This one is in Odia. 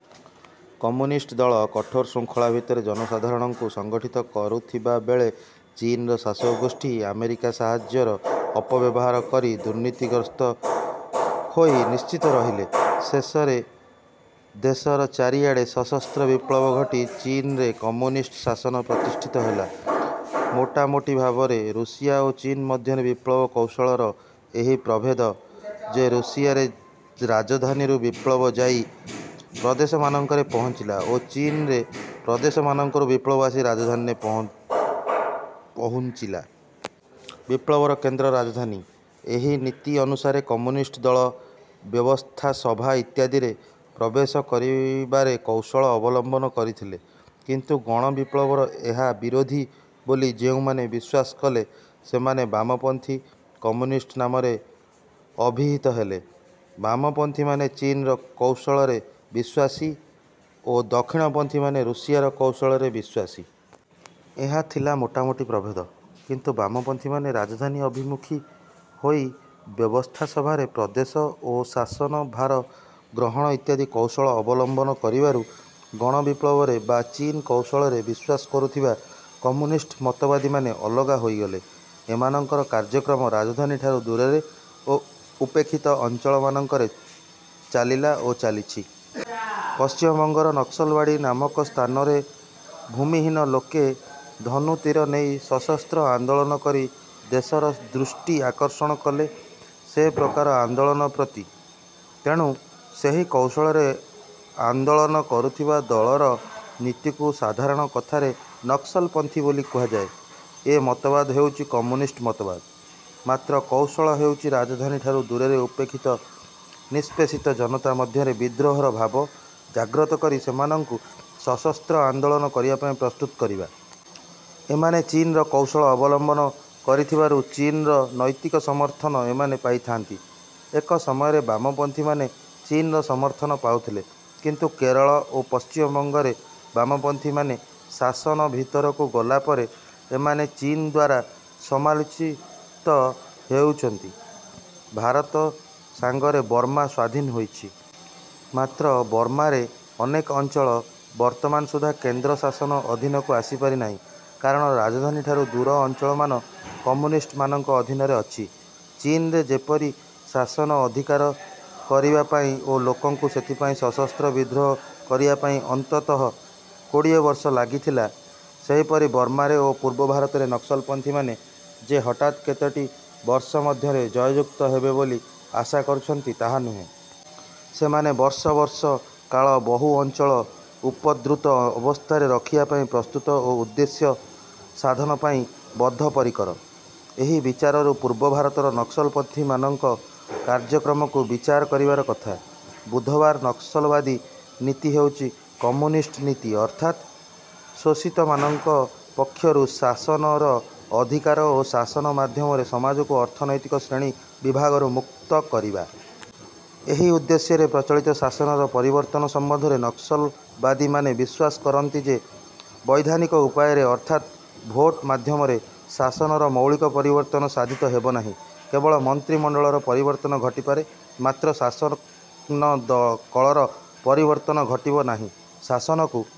କମ୍ୟୁନିଷ୍ଟ ଦଳ କଠୋର ଶୃଙ୍ଖଳା ଭିତରେ ଜନସାଧାରଣଙ୍କୁ ସଙ୍ଗଠିତ କରୁଥିବାବେଳେ ଚୀନର ଶାସକଗୋଷ୍ଠୀ ଆମେରିକା ସାହାଯ୍ୟର ଅପବ୍ୟବହାର କରି ଦୁର୍ନୀତିଗ୍ରସ୍ତ ହୋଇ ନିଶ୍ଚିତ ରହିଲେ। ଶେଷରେ ଦେଶର ଚାରିଆଡ଼େ ସଶସ୍ତ୍ର ବିପ୍ଳବ ଘଟି ଚୀନରେ କମ୍ୟୁନିଷ୍ଟ ଶାସନ ପ୍ରତିଷ୍ଠିତ ହେଲା। ମୋଟାମୋଟି ଭାବରେ ରୁଷିଆ ଓ ଚୀନ ମଧ୍ୟରେ ବିପ୍ଳବ କୌଶଳର ଏହି ପ୍ରଭେଦ ଯେ ରୁଷିଆରେ ରାଜଧାନୀରୁ ବିପ୍ଳବ ଯାଇ ପ୍ରଦେଶମାନଙ୍କରେ ପହଞ୍ଚିଲା ଓ ଚୀନରେ ପ୍ରଦେଶମାନଙ୍କରୁ ବିପ୍ଳବ ଆସି ରାଜଧାନୀରେ ପହୁଞ୍ଚିଲା। ବିପ୍ଳବର କେନ୍ଦ୍ର ରାଜଧାନୀ, ଏହି ନୀତି ଅନୁସାରେ କମ୍ୟୁନିଷ୍ଟ ଦଳ ବ୍ୟବସ୍ଥାସଭା ଇତ୍ୟାଦିରେ ପ୍ରବେଶ କରିବାର କୌଶଳ ଅବଲମ୍ବନ କରିଥିଲେ। କିନ୍ତୁ ଗଣବିପ୍ଳବର ଏହା ବିରୋଧୀ ବୋଲି ଯେଉଁମାନେ ବିଶ୍ୱାସ କଲେ ସେମାନେ ବାମପନ୍ଥୀ କମ୍ୟୁନିଷ୍ଟ ନାମରେ ଅଭିହିତ ହେଲେ। ବାମପନ୍ଥୀମାନେ ଚୀନର କୌଶଳରେ ବିଶ୍ୱାସୀ ଓ ଦକ୍ଷିଣପନ୍ଥୀମାନେ ରୁଷିଆର କୌଶଳରେ ବିଶ୍ୱାସୀ। ଏହି ଥିଲା ମୋଟାମୋଟି ପ୍ରଭେଦ। କିନ୍ତୁ ବାମପନ୍ଥୀମାନେ ରାଜଧାନୀ ଅଭିମୁଖୀ ହୋଇ ବ୍ୟବସ୍ଥାସଭାରେ ପ୍ରଦେଶ ଓ ଶାସନଭାର ଗ୍ରହଣ ଇତ୍ୟାଦି କୌଶଳ ଅବଲମ୍ବନ କରିବାରୁ, ଗଣବିପ୍ଳବରେ ବା ଚୀନ କୌଶଳରେ ବିଶ୍ୱାସ କରୁଥିବା କମ୍ୟୁନିଷ୍ଟ ମତବାଦୀମାନେ ଅଲଗା ହୋଇଗଲେ। ଏମାନଙ୍କର କାର୍ଯ୍ୟକ୍ରମ ରାଜଧାନୀ ଠାରୁ ଦୂରରେ ଓ ଉପେକ୍ଷିତ ଅଞ୍ଚଳମାନଙ୍କରେ ଚାଲିଲା ଓ ଚାଲିଛି। ପଶ୍ଚିମବଙ୍ଗର ନକ୍ସଲବାଡ଼ି ନାମକ ସ୍ଥାନରେ ଭୂମିହୀନ ଲୋକେ ଧନୁ ତୀର ନେଇ ସଶସ୍ତ୍ର ଆନ୍ଦୋଳନ କରି ଦେଶର ଦୃଷ୍ଟି ଆକର୍ଷଣ କଲେ ସେ ପ୍ରକାର ଆନ୍ଦୋଳନ ପ୍ରତି। ତେଣୁ ସେହି କୌଶଳରେ ଆନ୍ଦୋଳନ କରୁଥିବା ଦଳର ନୀତିକୁ ସାଧାରଣ କଥାରେ ନକ୍ସଲପନ୍ଥୀ ବୋଲି କୁହାଯାଏ। ଏ ମତବାଦ ହେଉଛି କମ୍ୟୁନିଷ୍ଟ ମତବାଦ, ମାତ୍ର କୌଶଳ ହେଉଛି ରାଜଧାନୀଠାରୁ ଦୂରରେ ଉପେକ୍ଷିତ ନିଷ୍ପେଷିତ ଜନତା ମଧ୍ୟରେ ବିଦ୍ରୋହର ଭାବ ଜାଗ୍ରତ କରି ସେମାନଙ୍କୁ ସଶସ୍ତ୍ର ଆନ୍ଦୋଳନ କରିବା ପାଇଁ ପ୍ରସ୍ତୁତ କରିବା। ଏମାନେ ଚୀନର କୌଶଳ ଅବଲମ୍ବନ କରିଥିବାରୁ ଚୀନର ନୈତିକ ସମର୍ଥନ ଏମାନେ ପାଇଥାନ୍ତି। ଏକ ସମୟରେ ବାମପନ୍ଥୀମାନେ ଚୀନର ସମର୍ଥନ ପାଉଥିଲେ। କିନ୍ତୁ କେରଳ ଓ ପଶ୍ଚିମବଙ୍ଗରେ ବାମପନ୍ଥୀମାନେ ଶାସନ ଭିତରକୁ ଗଲା ପରେ ଏମାନେ ଚୀନ ଦ୍ୱାରା ସମାଲୋଚିତ ହେଉଛନ୍ତି। ଭାରତ ସାଙ୍ଗରେ ବର୍ମା ସ୍ୱାଧୀନ ହୋଇଛି। ମାତ୍ର ବର୍ମାରେ ଅନେକ ଅଞ୍ଚଳ ବର୍ତ୍ତମାନ ସୁଦ୍ଧା କେନ୍ଦ୍ର ଶାସନ ଅଧୀନକୁ ଆସିପାରିନାହିଁ। କାରଣ ରାଜଧାନୀଠାରୁ ଦୂର ଅଞ୍ଚଳମାନ କମ୍ୟୁନିଷ୍ଟ ମାନଙ୍କ ଅଧୀନରେ ଅଛି। ଚୀନରେ ଯେପରି ଶାସନ ଅଧିକାର କରିବା ପାଇଁ ଓ ଲୋକଙ୍କୁ ସେଥିପାଇଁ ସଶସ୍ତ୍ର ବିଦ୍ରୋହ କରିବା ପାଇଁ ଅନ୍ତତଃ କୋଡ଼ିଏବର୍ଷ ଲାଗିଥିଲା, ସେହିପରି ବର୍ମାରେ ଓ ପୂର୍ବ ଭାରତରେ ନକ୍ସଲପନ୍ଥୀମାନେ ଯେ ହଠାତ୍ କେତୋଟି ବର୍ଷ ମଧ୍ୟରେ ଜୟଯୁକ୍ତ ହେବେ ବୋଲି ଆଶା କରୁଛନ୍ତି ତାହା ନୁହେଁ। ସେମାନେ ବର୍ଷ ବର୍ଷ କାଳ ବହୁ ଅଞ୍ଚଳ ଉପଦ୍ରୁତ ଅବସ୍ଥାରେ ରଖିବା ପାଇଁ ପ୍ରସ୍ତୁତ ଓ ଉଦ୍ଦେଶ୍ୟ ସାଧନ ପାଇଁ ବଦ୍ଧପରିକର। ଏହି ବିଚାରରୁ ପୂର୍ବ-ଭାରତରେ ନକ୍ସଲପନ୍ଥୀମାନଙ୍କ କାର୍ଯ୍ୟକ୍ରମକୁ ବିଚାର କରିବାର କଥା। ବୁଧବାର ନକସଲବାଦୀ ନୀତି ହେଉଛି କମ୍ୟୁନିଷ୍ଟ ନୀତି ଅର୍ଥାତ୍ ଶୋଷିତମାନଙ୍କ ପକ୍ଷରୁ ଶାସନର ଅଧିକାର ଓ ଶାସନ ମାଧ୍ୟମରେ ସମାଜକୁ ଅର୍ଥନୈତିକ ଶ୍ରେଣୀ ବିଭାଗରୁ ମୁକ୍ତ କରିବା। ଏହି ଉଦ୍ଦେଶ୍ୟରେ ପ୍ରଚଳିତ ଶାସନର ପରିବର୍ତ୍ତନ ସମ୍ବନ୍ଧରେ ନକ୍ସଲବାଦୀମାନେ ବିଶ୍ୱାସ କରନ୍ତି ଯେ ବୈଧାନିକ ଉପାୟରେ ଅର୍ଥାତ୍ ଭୋଟ ମାଧ୍ୟମରେ ଶାସନର ମୌଳିକ ପରିବର୍ତ୍ତନ ସାଧିତ ହେବ ନାହିଁ, କେବଳ ମନ୍ତ୍ରିମଣ୍ଡଳର ପରିବର୍ତ୍ତନ ଘଟିପାରେ ମାତ୍ର ଶାସନ କଳର ପରିବର୍ତ୍ତନ ଘଟିବ ନାହିଁ। ଶାସନକୁ